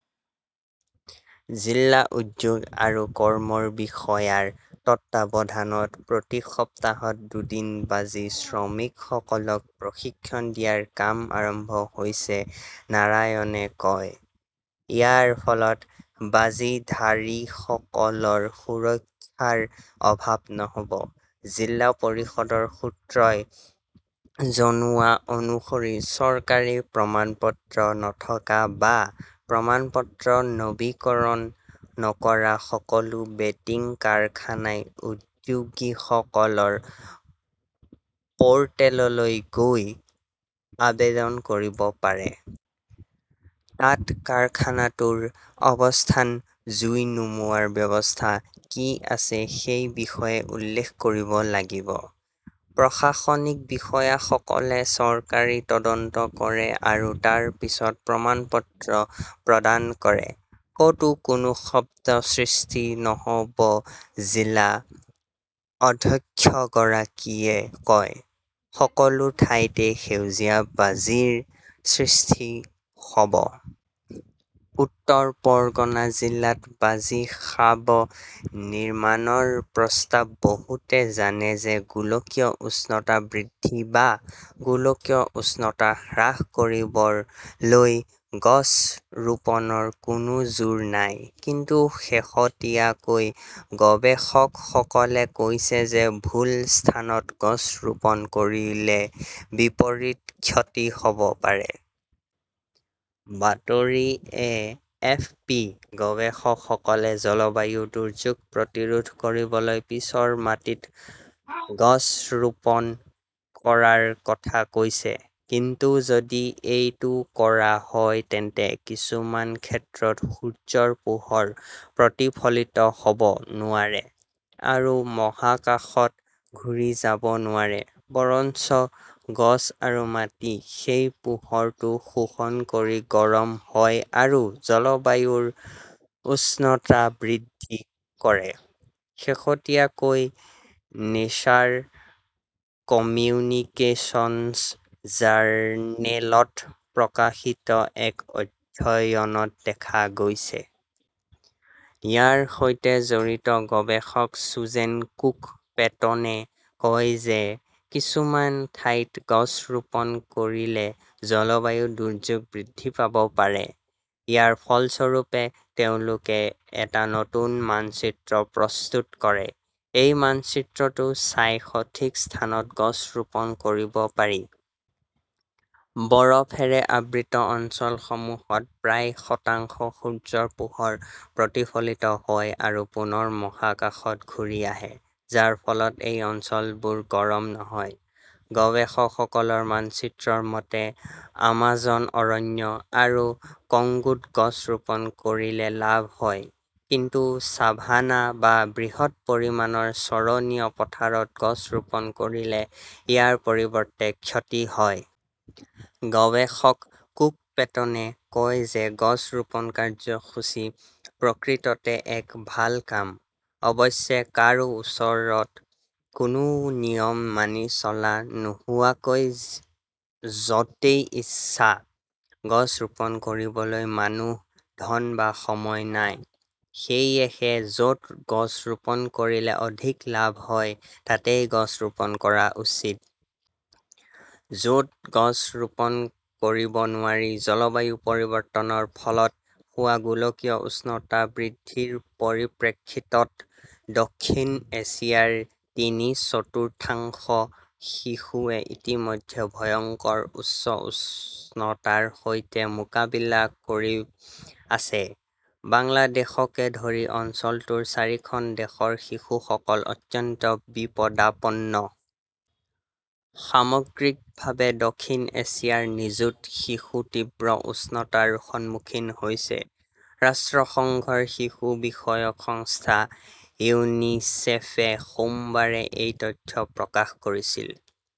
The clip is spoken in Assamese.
জিলা উদ্যোগ আৰু কৰ্মৰ বিষয়াৰ তত্বাৱধানত প্ৰতি সপ্তাহত দুদিন বাজি শ্ৰমিকসকলক প্ৰশিক্ষণ দিয়াৰ কাম আৰম্ভ হৈছে নাৰায়ণে কয়। ইয়াৰ ফলত বাজিধাৰীসকলৰ সুৰক্ষাৰ অভাৱ নহ'ব। জিলা পৰিষদৰ সূত্ৰই জনোৱা অনুসৰি চৰকাৰী প্ৰমাণপত্ৰ নথকা বা প্ৰমাণপত্ৰ নৱীকৰণ নকৰা সকলো বেটিং কাৰখানাই উদ্যোগীসকলৰ প'ৰ্টেললৈ গৈ আবেদন কৰিব পাৰে। তাত কাৰখানাটোৰ অৱস্থান, জুই নুমুৱাৰ ব্যৱস্থা কি আছে সেই বিষয়ে উল্লেখ কৰিব লাগিব। প্ৰশাসনিক বিষয়াসকলে চৰকাৰী তদন্ত কৰে আৰু তাৰ পিছত প্ৰমাণপত্ৰ প্ৰদান কৰে। ক'তো কোনো শব্দ সৃষ্টি নহ'ব জিলা অধ্যক্ষগৰাকীয়ে কয়। সকলো ঠাইতে সেউজীয়া বাজিৰ সৃষ্টি হ'ব। উত্তৰ পৰগনা জিলাত 'বাজি হাব নিৰ্মাণৰ প্ৰস্তাৱ বহুতে জানে যে গোলকীয় উষ্ণতা বৃদ্ধি বা গোলকীয় উষ্ণতা হ্ৰাস কৰিবলৈ গছ ৰোপণৰ কোনো যোৰ নাই। কিন্তু শেহতীয়াকৈ গৱেষকসকলে কৈছে যে ভুল স্থানত গছ ৰোপণ কৰিলে বিপৰীত ক্ষতি হ 'ব পাৰে। বাতৰি-এ. এফ. পি. -গৱেষকসকলে জলবায়ু দুৰ্যোগ প্ৰতিৰোধ কৰিবলৈ পিছৰ মাটিত গছ ৰোপণ কৰাৰ কথা কৈছে। কিন্তু যদি এইটো কৰা হয় তেন্তে কিছুমান ক্ষেত্ৰত সূৰ্য্যৰ পোহৰ প্ৰতিফলিত হ 'ব নোৱাৰে আৰু মহাকাশত ঘূৰি যাব নোৱাৰে, বৰঞ্চ গছ আৰু মাটি সেই পোহৰটো শোষণ কৰি গৰম হয় আৰু জলবায়ুৰ উষ্ণতা বৃদ্ধি কৰে, শেহতীয়াকৈ নেচাৰ কমিউনিকেচনছ জাৰ্নেলত প্ৰকাশিত এক অধ্যয়নত দেখা গৈছে। ইয়াৰ সৈতে জড়িত গৱেষক চুজেন কুক-পেটনে কয় যে কিছুমান ঠাইত গছ ৰোপণ কৰিলে জলবায়ু দুৰ্যোগ বৃদ্ধি পাব পাৰে। ইয়াৰ ফলস্বৰূপে তেওঁলোকে এটা নতুন মানচিত্ৰ প্ৰস্তুত কৰে। এই মানচিত্ৰটো চাই সঠিক স্থানত গছ ৰোপণ কৰিব পাৰি। বৰফেৰে আবৃত অঞ্চলসমূহত প্ৰায় শতাংশ সূৰ্য্যৰ পোহৰ প্ৰতিফলিত হয় আৰু পুনৰ মহাকাশত ঘূৰি আহে, যাৰ ফলত এই অঞ্চলবোৰ গৰম নহয়। গৱেষকসকলৰ মানচিত্ৰৰ মতে, আমাজন অৰণ্য আৰু কংগোত গছ ৰোপণ কৰিলে লাভ হয়, কিন্তু ছাভানা বা বৃহৎ পৰিমাণৰ চৰণীয়া পথাৰত গছ ৰোপণ কৰিলে ইয়াৰ পৰিৱৰ্তে ক্ষতি হয়। গৱেষক কুক-পেটনে কয় যে গছ ৰোপণ কাৰ্যসূচী প্ৰকৃততে এক ভাল কাম। অৱশ্যে, কাৰো ওচৰত কোনো নিয়ম মানি চলা নোহোৱাকৈ য 'তেই ইচ্ছা গছ ৰোপণ কৰিবলৈ মানুহ, ধন বা সময় নাই। সেয়েহে, য 'ত গছ ৰোপণ কৰিলে অধিক লাভ হয় তাতেই গছ ৰোপণ কৰা উচিত। য 'ত গছ ৰোপণ কৰিব নোৱাৰি জলবায়ু পৰিৱৰ্তনৰ ফলত হোৱা গোলকীয় উষ্ণতা বৃদ্ধিৰ পৰিপ্ৰেক্ষিতত দক্ষিণ এছিয়াৰ তিনি-চতুৰ্থাংশ শিশুৱে ইতিমধ্যে ভয়ংকৰ উচ্চ উষ্ণতাৰ সৈতে মোকাবিলা কৰি আছে। বাংলাদেশকে ধৰি অঞ্চলটোৰ চাৰিখন দেশৰ শিশুসকল অত্যন্ত বিপদাপন্ন। সামগ্ৰিকভাৱে দক্ষিণ এছিয়াৰ নিযুত শিশু তীব্ৰ উষ্ণতাৰ সন্মুখীন হৈছে। ৰাষ্ট্ৰসংঘৰ শিশু বিষয়ক সংস্থা ইউনিচেফে সোমবাৰে এই তথ্য প্ৰকাশ কৰিছিল।